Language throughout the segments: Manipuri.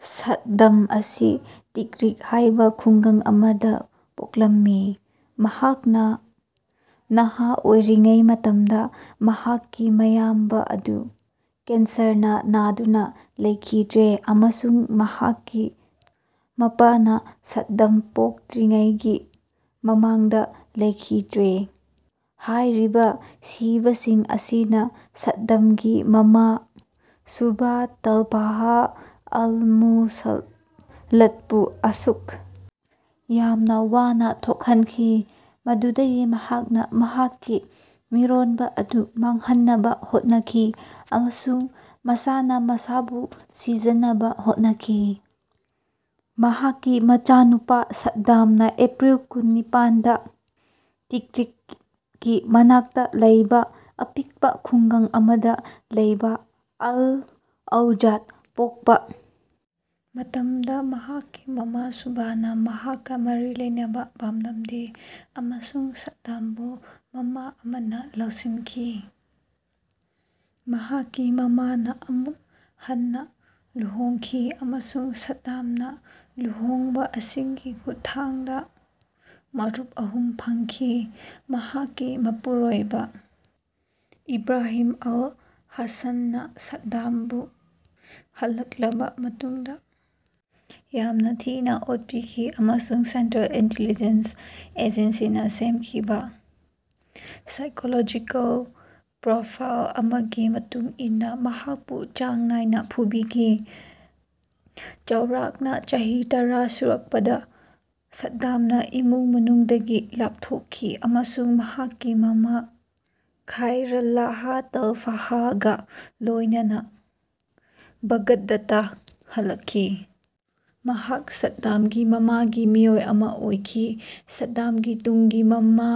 ꯁꯥꯗꯗꯥꯝ ꯑꯁꯤ ꯇꯤꯛꯔꯤꯛ ꯍꯥꯏꯕ ꯈꯨꯡꯒꯪ ꯑꯃꯗ ꯄꯣꯛꯂꯝꯃꯤ꯫ ꯃꯍꯥꯛꯅ ꯅꯍꯥ ꯑꯣꯏꯔꯤꯉꯩ ꯃꯇꯝꯗ ꯃꯍꯥꯛꯀꯤ ꯃꯌꯥꯝꯕ ꯑꯗꯨ ꯀꯦꯟꯁꯔꯅ ꯅꯥꯗꯨꯅ ꯂꯩꯈꯤꯗ꯭ꯔꯦ ꯑꯃꯁꯨꯡ ꯃꯍꯥꯛꯀꯤ ꯃꯄꯥꯥꯅ ꯁꯥꯗꯗꯥꯝ ꯄꯣꯛꯇ꯭ꯔꯤꯉꯩꯒꯤ ꯃꯃꯥꯡꯗ ꯂꯩꯈꯤꯗ꯭ꯔꯦ꯫ ꯍꯥꯏꯔꯤꯕ ꯁꯤꯕꯁꯤꯡ ꯑꯁꯤꯅ ꯁꯥꯗꯗꯥꯝꯒꯤ ꯃꯃꯥ ꯁꯨꯚꯥ ꯇꯜꯐꯥꯍ ꯑꯜ-ꯃꯨꯁꯜꯂꯥꯠꯄꯨ ꯑꯁꯨꯛ ꯌꯥꯝꯅ ꯋꯥꯅ ꯊꯣꯛꯍꯟꯈꯤ ꯃꯗꯨꯗꯒꯤ ꯃꯍꯥꯛꯅ ꯃꯍꯥꯛꯀꯤ ꯃꯤꯔꯣꯟꯕ ꯑꯗꯨ ꯃꯥꯡꯍꯟꯅꯕ ꯍꯣꯠꯅꯈꯤ ꯑꯃꯁꯨꯡ ꯃꯁꯥꯅ ꯃꯁꯥꯕꯨ ꯁꯤꯖꯅꯕ ꯍꯣꯠꯅꯈꯤ꯫ ꯃꯍꯥꯛꯀꯤ ꯃꯆꯥꯅꯨꯄ ꯁꯥꯗꯗꯥꯝꯅ ꯑꯦꯄ꯭ꯔꯤꯜ ꯀꯨꯟ - ꯅꯤꯄꯥꯟꯗ ꯇꯤꯛꯔꯤꯠꯀꯤ ꯃꯅꯥꯛꯇ ꯂꯩꯕ ꯑꯄꯤꯛꯄ ꯈꯨꯡꯒꯪ ꯑꯃꯗ ꯂꯩꯕ ꯑꯜ - ꯑꯧꯖꯥꯗ ꯄꯣꯛꯄ ꯃꯇꯝꯗ ꯃꯍꯥꯛꯀꯤ ꯃꯃꯥ ꯁꯨꯚꯥꯅ ꯃꯍꯥꯛꯀ ꯃꯔꯤ ꯂꯩꯅꯕ ꯄꯝꯂꯝꯗꯦ ꯑꯃꯁꯨꯡ ꯁꯥꯗꯗꯥꯝꯕꯨ ꯃꯥꯝꯃ ꯑꯃꯅ ꯂꯧꯁꯤꯟꯈꯤ꯫ ꯃꯍꯥꯛꯀꯤ ꯃꯃꯥꯅ ꯑꯃꯨꯛ ꯍꯟꯅ ꯂꯨꯍꯣꯡꯈꯤ ꯑꯃꯁꯨꯡ ꯁꯥꯗꯗꯥꯝꯅ ꯂꯨꯍꯣꯡꯕ ꯑꯁꯤꯒꯤ ꯈꯨꯠꯊꯥꯡꯗ ꯃꯔꯨꯞ ꯑꯍꯨꯝ ꯐꯪꯈꯤ꯫ ꯃꯍꯥꯛꯀꯤ ꯃꯄꯨꯔꯣꯏꯕ ꯏꯕ꯭ꯔꯥꯍꯤꯝ ꯑꯜ-ꯍꯥꯁꯥꯟꯅ ꯁꯥꯗꯗꯥꯝꯕꯨ ꯍꯜꯂꯛꯂꯕ ꯃꯇꯨꯡꯗ ꯌꯥꯝꯅ ꯊꯤꯅ ꯑꯣꯠꯄꯤꯈꯤ ꯑꯃꯁꯨꯡ ꯁꯦꯟꯇ꯭ꯔꯦꯜ ꯏꯟꯇꯦꯜꯂꯤꯖꯦꯟꯁ ꯑꯖꯦꯟꯁꯤꯅ ꯁꯦꯝꯈꯤꯕ ꯁꯥꯏꯀꯣꯂꯣꯖꯤꯀꯦꯜ ꯄ꯭ꯔꯣꯐꯥꯏꯜ ꯑꯃꯒꯤ ꯃꯇꯨꯡ ꯏꯟꯅ ꯃꯍꯥꯛꯄꯨ ꯆꯥꯡ ꯅꯥꯏꯅ ꯐꯨꯕꯤꯈꯤ꯫ ꯆꯥꯎꯔꯥꯛꯅ ꯆꯍꯤ ꯇꯔꯥ ꯁꯨꯔꯛꯄꯗ ꯁꯥꯗꯗꯥꯝꯅ ꯏꯃꯨꯡ ꯃꯅꯨꯡꯗꯒꯤ ꯂꯥꯞꯊꯣꯛꯈꯤ ꯑꯃꯁꯨꯡ ꯃꯍꯥꯛꯀꯤ ꯃꯥꯝꯃ ꯈꯥꯏꯔꯥꯜꯂꯥꯍ ꯇꯥꯜꯐꯥꯍꯒ ꯂꯣꯏꯅꯅ ꯕꯥꯒꯗꯥꯗꯇ ꯍꯜꯂꯛꯈꯤ꯫ ꯃꯍꯥꯛ ꯁꯥꯗꯗꯥꯝꯒꯤ ꯃꯃꯥꯒꯤ ꯃꯤꯑꯣꯏ ꯑꯃ ꯑꯣꯏꯈꯤ꯫ ꯁꯥꯗꯗꯥꯝꯒꯤ ꯇꯨꯡꯒꯤ ꯃꯥꯝꯃ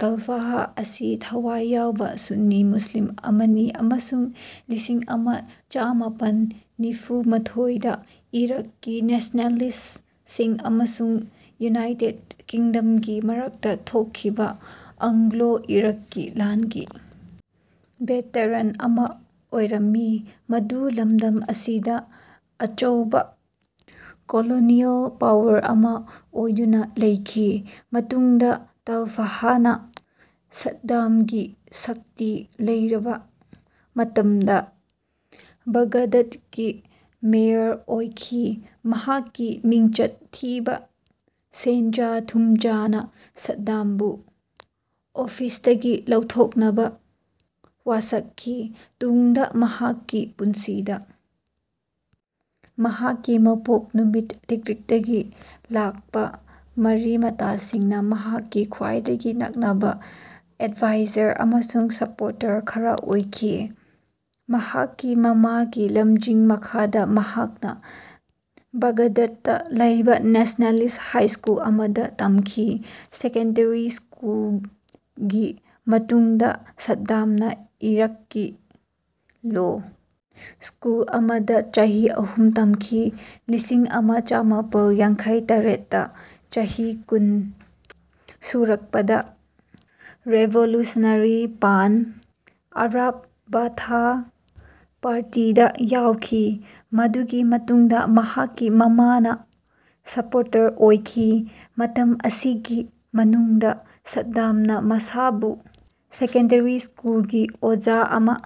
ꯇꯥꯂꯐꯥꯍ ꯑꯁꯤ ꯊꯋꯥꯏ ꯌꯥꯎꯕ ꯁꯨꯟꯅꯤ ꯃꯨꯁ꯭ꯂꯤꯝ ꯑꯃꯅꯤ ꯑꯃꯁꯨꯡ ꯂꯤꯁꯤꯡ ꯑꯃ ꯆꯃꯥꯄꯟ ꯅꯤꯐꯨ - ꯃꯥꯊꯣꯏꯗ ꯏꯔꯥꯛꯀꯤ ꯅꯦꯁ꯭ꯅꯦꯂꯤꯁ꯭ꯇꯁꯤꯡ ꯑꯃꯁꯨꯡ ꯌꯨꯅꯥꯏꯇꯦꯗ ꯀꯤꯡꯗꯝꯒꯤ ꯃꯔꯛꯇ ꯊꯣꯛꯈꯤꯕ ꯑꯪꯒ꯭ꯂꯣ ꯏꯔꯥꯛꯀꯤ ꯂꯥꯟꯒꯤ ꯚꯦꯇꯔꯥꯟ ꯑꯃ ꯑꯣꯏꯔꯝꯃꯤ꯫ ꯃꯗꯨ ꯂꯝꯗꯝ ꯑꯁꯤꯗ ꯑꯆꯧꯕ ꯀꯣꯂꯣꯅꯤꯑꯦꯜ ꯄꯥꯋꯔ ꯑꯃ ꯑꯣꯏꯗꯨꯅ ꯂꯩꯈꯤ꯫ ꯃꯇꯨꯡꯗ ꯇꯥꯂꯐꯥꯍꯅ ꯁꯥꯗꯗꯥꯝꯒꯤ ꯁꯛꯇꯤ ꯂꯩꯔꯕ ꯃꯇꯝꯗ ꯕꯥꯒꯗꯥꯗꯀꯤ ꯃꯦꯌꯔ ꯑꯣꯏꯈꯤ꯫ ꯃꯍꯥꯛꯀꯤ ꯃꯤꯡꯆꯠ ꯊꯤꯕ ꯁꯦꯟꯖꯥ ꯊꯨꯝꯖꯥꯅ ꯁꯥꯗꯗꯥꯝꯕꯨ ꯑꯣꯐꯤꯁꯇꯒꯤ ꯂꯧꯊꯣꯛꯅꯕ ꯋꯥꯁꯛꯈꯤ꯫ ꯇꯨꯡꯗ ꯃꯍꯥꯛꯀꯤ ꯄꯨꯟꯁꯤꯗ ꯃꯍꯥꯛꯀꯤ ꯃꯄꯣꯛ ꯅꯨꯃꯤꯠ ꯇꯤꯛꯔꯤꯠꯇꯒꯤ ꯂꯥꯛꯄ ꯃꯔꯤ ꯃꯇꯥꯁꯤꯡꯅ ꯃꯍꯥꯛꯀꯤ ꯈ꯭ꯋꯥꯏꯗꯒꯤ ꯅꯛꯅꯕ ꯑꯦꯗꯚꯥꯏꯖꯔ ꯑꯃꯁꯨꯡ ꯁꯄꯣꯔꯇꯔ ꯈꯔ ꯑꯣꯏꯈꯤ꯫ ꯃꯍꯥꯛꯀꯤ ꯃꯥꯝꯃꯒꯤ ꯂꯝꯖꯤꯡ ꯃꯈꯥꯗ ꯃꯍꯥꯛꯅ ꯕꯥꯒꯗꯥꯗꯇ ꯂꯩꯕ ꯅꯦꯁ꯭ꯅꯦꯂꯤꯁ꯭ꯠ ꯍꯥꯏ ꯁ꯭ꯀꯨꯜ ꯑꯃꯗ ꯇꯝꯈꯤ꯫ ꯁꯦꯀꯦꯟꯗꯔꯤ ꯁ꯭ꯀꯨꯂꯒꯤ ꯃꯇꯨꯡꯗ ꯁꯥꯗꯗꯥꯝꯅ ꯏꯔꯥꯛꯀꯤ ꯂꯣ ꯁ꯭ꯀꯨꯜ ꯑꯃꯗ ꯆꯍꯤ ꯑꯍꯨꯝ ꯇꯝꯈꯤ꯫ ꯂꯤꯁꯤꯡ ꯑꯃ ꯆꯃꯥꯄꯜ ꯌꯥꯡꯈꯩꯇꯇꯦꯠꯇ ꯆꯍꯤ ꯀꯨꯟ ꯁꯨꯔꯛꯄꯗ ꯔꯤꯚꯣꯂꯨꯁꯅꯔꯤ ꯄꯥꯟ ꯑꯔꯕ ꯕꯥꯊ ꯄꯥꯔꯇꯤꯗ ꯌꯥꯎꯈꯤ꯫ ꯃꯗꯨꯒꯤ ꯃꯇꯨꯡꯗ ꯃꯍꯥꯛꯀꯤ ꯃꯥꯝꯃꯅ ꯁꯄꯣꯔꯇꯔ ꯑꯣꯏꯈꯤ꯫ ꯃꯇꯝ ꯑꯁꯤꯒꯤ ꯃꯅꯨꯡꯗ ꯁꯥꯗꯗꯥꯝꯅ ꯃꯁꯥꯕꯨ ꯁꯦꯀꯦꯟꯗꯔꯤ ꯁ꯭ꯀꯨꯜꯒꯤ ꯑꯣꯖꯥ ꯑꯃ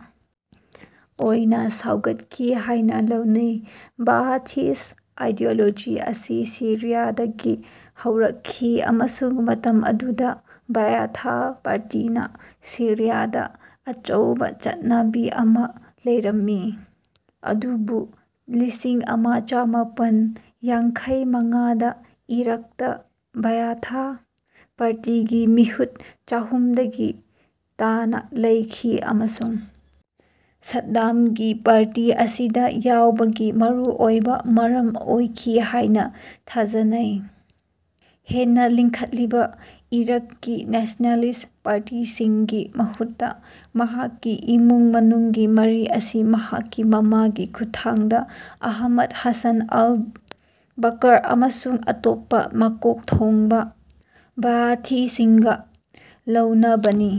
ꯑꯣꯏꯅ ꯁꯧꯒꯠꯈꯤ ꯍꯥꯏꯅ ꯂꯧꯅꯩ꯫ ꯕꯥꯑꯥꯊꯤꯁ꯭ꯠ ꯑꯥꯏꯗꯤꯑꯣꯂꯣꯖꯤ ꯑꯁꯤ ꯁꯤꯔꯤꯌꯥꯗꯒꯤ ꯍꯧꯔꯛꯈꯤ ꯑꯃꯁꯨꯡ ꯃꯇꯝ ꯑꯗꯨꯗ ꯕꯥꯑꯥꯊ ꯄꯥꯔꯇꯤꯅ ꯁꯤꯔꯤꯌꯥꯗ ꯑꯆꯧꯕ ꯆꯠꯅꯕꯤ ꯑꯃ ꯂꯩꯔꯝꯃꯤ, ꯑꯗꯨꯕꯨ ꯂꯤꯁꯤꯡ ꯑꯃ ꯆꯃꯥꯄꯟ ꯌꯥꯡꯈꯩ ꯃꯉꯥꯗ ꯏꯔꯥꯛꯇ ꯕꯥꯑꯥꯊ ꯄꯥꯔꯇꯤꯒꯤ ꯃꯤꯍꯨꯠ ꯆꯍꯨꯝꯗꯒꯤ ꯇꯥꯅ ꯂꯩꯈꯤ ꯑꯃꯁꯨꯡ ꯁꯥꯗꯗꯥꯝꯒꯤ ꯄꯥꯔꯇꯤ ꯑꯁꯤꯗ ꯌꯥꯎꯕꯒꯤ ꯃꯔꯨꯑꯣꯏꯕ ꯃꯔꯝ ꯑꯣꯏꯈꯤ ꯍꯥꯏꯅ ꯊꯥꯖꯅꯩ꯫ ꯍꯦꯟꯅ ꯂꯤꯡꯈꯠꯂꯛꯂꯤꯕ ꯏꯔꯥꯛꯀꯤ ꯅꯦꯁ꯭ꯅꯦꯂꯤꯁ꯭ꯠ ꯄꯥꯔꯇꯤꯁꯤꯡꯒꯤ ꯃꯍꯨꯠꯇ ꯃꯍꯥꯛꯀꯤ ꯏꯃꯨꯡ ꯃꯅꯨꯡꯒꯤ ꯃꯔꯤ ꯑꯁꯤ ꯃꯍꯥꯛꯀꯤ ꯃꯥꯝꯃꯒꯤ ꯈꯨꯠꯊꯥꯡꯗ ꯑꯍꯃꯗ ꯍꯥꯁꯥꯟ ꯑꯜ-ꯕꯀꯔ ꯑꯃꯁꯨꯡ ꯑꯇꯣꯞꯄ ꯃꯀꯣꯛ ꯊꯣꯡꯕ ꯕꯥꯑꯊꯤꯁꯤꯡꯒ ꯂꯩꯅꯕꯅꯤ꯫